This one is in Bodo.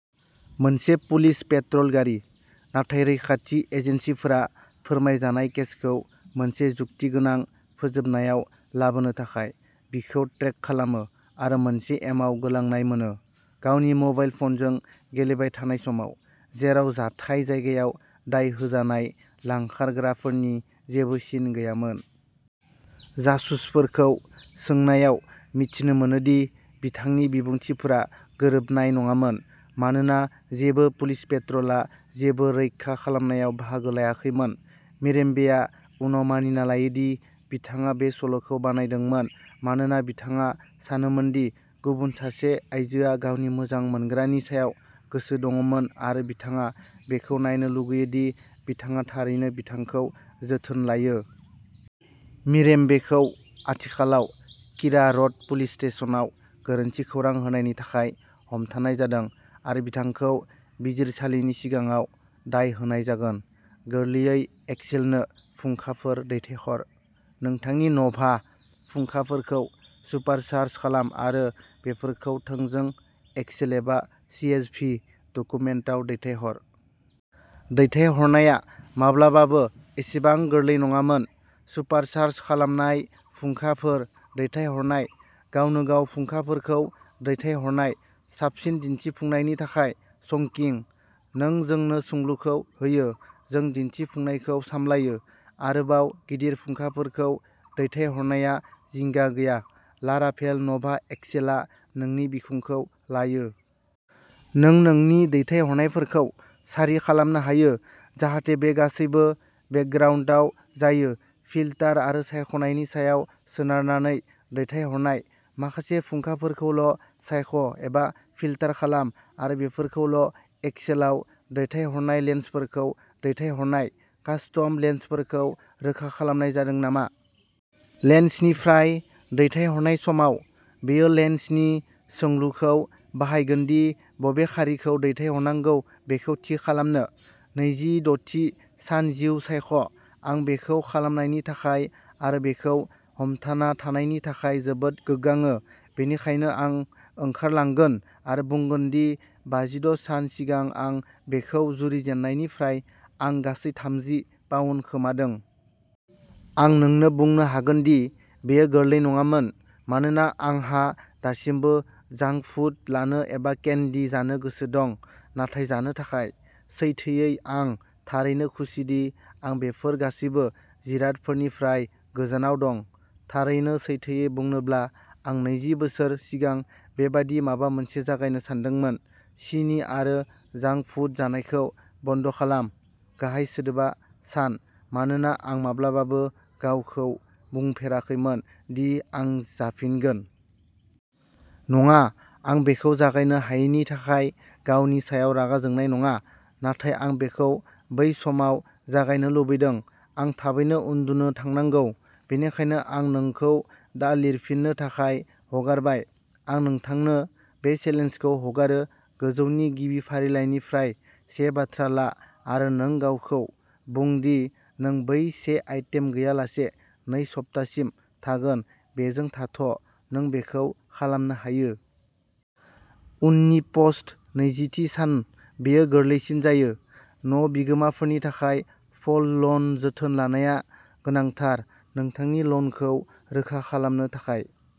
मोनसे पुलिस पेट्रल गारि। नाथाय रैखाथि एजेन्सिफोरा फोरमायजानाय केसखौ मोनसे जुक्तिगोनां फोजोबनायाव लाबोनो थाखाय, बिखौ ट्रेक खालामो आरो मोनसे एमाव गोलांनाय मोनो, गावनि मबाइल फनजों गेलेबाय थानाय समाव, जेराव जाथाय जायगायाव दाय होजानाय लांखारग्राफोरनि जेबो सिन गैयामोन। जासुसफोरखौ सोंनायाव मिथिनो मोनो दि बिथांनि बिबुंथिफोरा गोरोबनाय नङामोन, मानोना जेबो पुलिस पेट्रलआ जेबो रैखा खालामनायाव बाहागो लायाखैमोन। मिरेम्बेआ उनाव मानिना लायो दि बिथाङा बे सल'खौ बानायदोंमोन मानोना बिथाङा सानोमोनदि गुबुन सासे आइजोआ गावनि मोजां मोनग्रानि सायाव गोसो दंमोन आरो बिथाङा बेखौ नायनो लुगैयो दि बिथाङा'थारैनो बिथांखौ जोथोन लायो'। मिरेम्बेखौ आथिखालाव किरा रड पुलिस स्टेशनाव गोरोन्थि खौरां होनायनि थाखाय हमथानाय जादों आरो बिथांखौ बिजिरसालिनि सिगाङाव दाय होनाय जागोन। गोरलैयै एक्सेलनो फुंखाफोर दैथायहर। नोंथांनि नभा फुंखाफोरखौ सुपारचार्ज खालाम आरो बेफोरखौ थोंजों एक्सेल एबा सि एस भि डकुमेन्टआव दैथायहर। दैथायहरनाया माब्लाबाबो एसेबां गोरलै नङामोन। सुपारचार्ज खालामनाय फुंखाफोर दैथायहरनाय। गावनो गाव फुंखाफोरखौ दैथायहरनाय। साबसिन दिन्थिफुंनायनि थाखाय चंकिं। नों जोंनो सोंलुखौ होयो, जों दिन्थिफुंनायखौ सामलायो। आरोबाव गिदिर फुंखाफोरखौ दैथायहरनाया जिंगा गैया, लाराभेल नभा एक्सेलआ नोंनि बिखुंखौ लायो। नों नोंनि दैथायहरनायफोरखौ सारि खालामनो हायो जाहाथे बे गासैबो बेकग्राउन्दआव जायो। फिल्टार आरो सायख'नायनि सायाव सोनारनानै दैथायहरनाय। माखासे फुंखाफोरखौल' सायख' एबा फिल्टार खालाम आरो बेफोरखौल' एक्सेलआव दैथायहरनाय लेन्सफोरखौ दैथायहरनाय। कास्टम लेन्सफोरखौ रोखा खालामनाय जादों नामा? लेन्सनिफ्राय दैथायहरनाय समाव, बेयो लेन्सनि सोंलुखौ बाहायगोन दि बबे खारिखौ दैथायहरनांगौ बेखौ थि खालामनो! नैजि द'थि सान-जिउ सायख' आं बेखौ खालामनायनि थाखाय आरो बेखौ हमथाना थानायनि थाखाय जोबोद गोग्गाङो। बेनिखायनो आं ओंखारलांगोन आरो बुंगोन दि बाजिद' सान सिगां आं बेखौ जुरिजेननायनिफ्राय आं गासै थामजि पाउन्द खोमादों। आं नोंनो बुंनो हागोन दि बेयो गोरलै नङामोन मानोना आंहा दासिमबो जांक फुड लानो एबा केन्डी जानो गोसो दं, नाथाय जानो थाखाय। सैथोयै, आं थारैनो खुसिदि आं बेफोर गासैबो जिरादफोरनिफ्राय गोजानाव दं। थारैनो सैथोयै बुंनोब्ला आं नैजि बोसोर सिगां बेबादि माबा मोनसे जागायनो सानदोंमोन, सिनि आरो जांक फुड जानायखौ बन्द खालाम गाहाय सोदोबा' सान' मानोना आं माब्लाबाबो गावखौ बुंफेराखैमोन दि आं जाफिनगोन। नङा, आं बेखौ जागायनो हायैनि थाखाय गावनि सायाव रागा जोंनाय नङा, नाथाय आं बेखौ बै समाव जागायनो लुबैदों। आं थाबैनो उन्दुनो थांनांगौ, बेनिखायनो आं नोंखौ दा लिरफिन्नो थाखाय हगारबाय। आं नोंथांनो बे चेलेन्जखौ हगारो-गोजौनि गिबि फारिलाइनिफ्राय से बाथ्रा ला आरो नों गावखौ बुं दि नों बै से आइटेम गैयालासे नै सप्तासिम थागोन बेजों थाथ ' नों बेखौ खालामनो हायो। उननि पस्ट नैजिथि सान-बेयो गोरलैसिन जायो न'बिगोमाफोरनि थाखाय फल लन जोथोन लानाया गोनांथार। नोंथांनि लनखौ रोखा खालामनो थाखाय।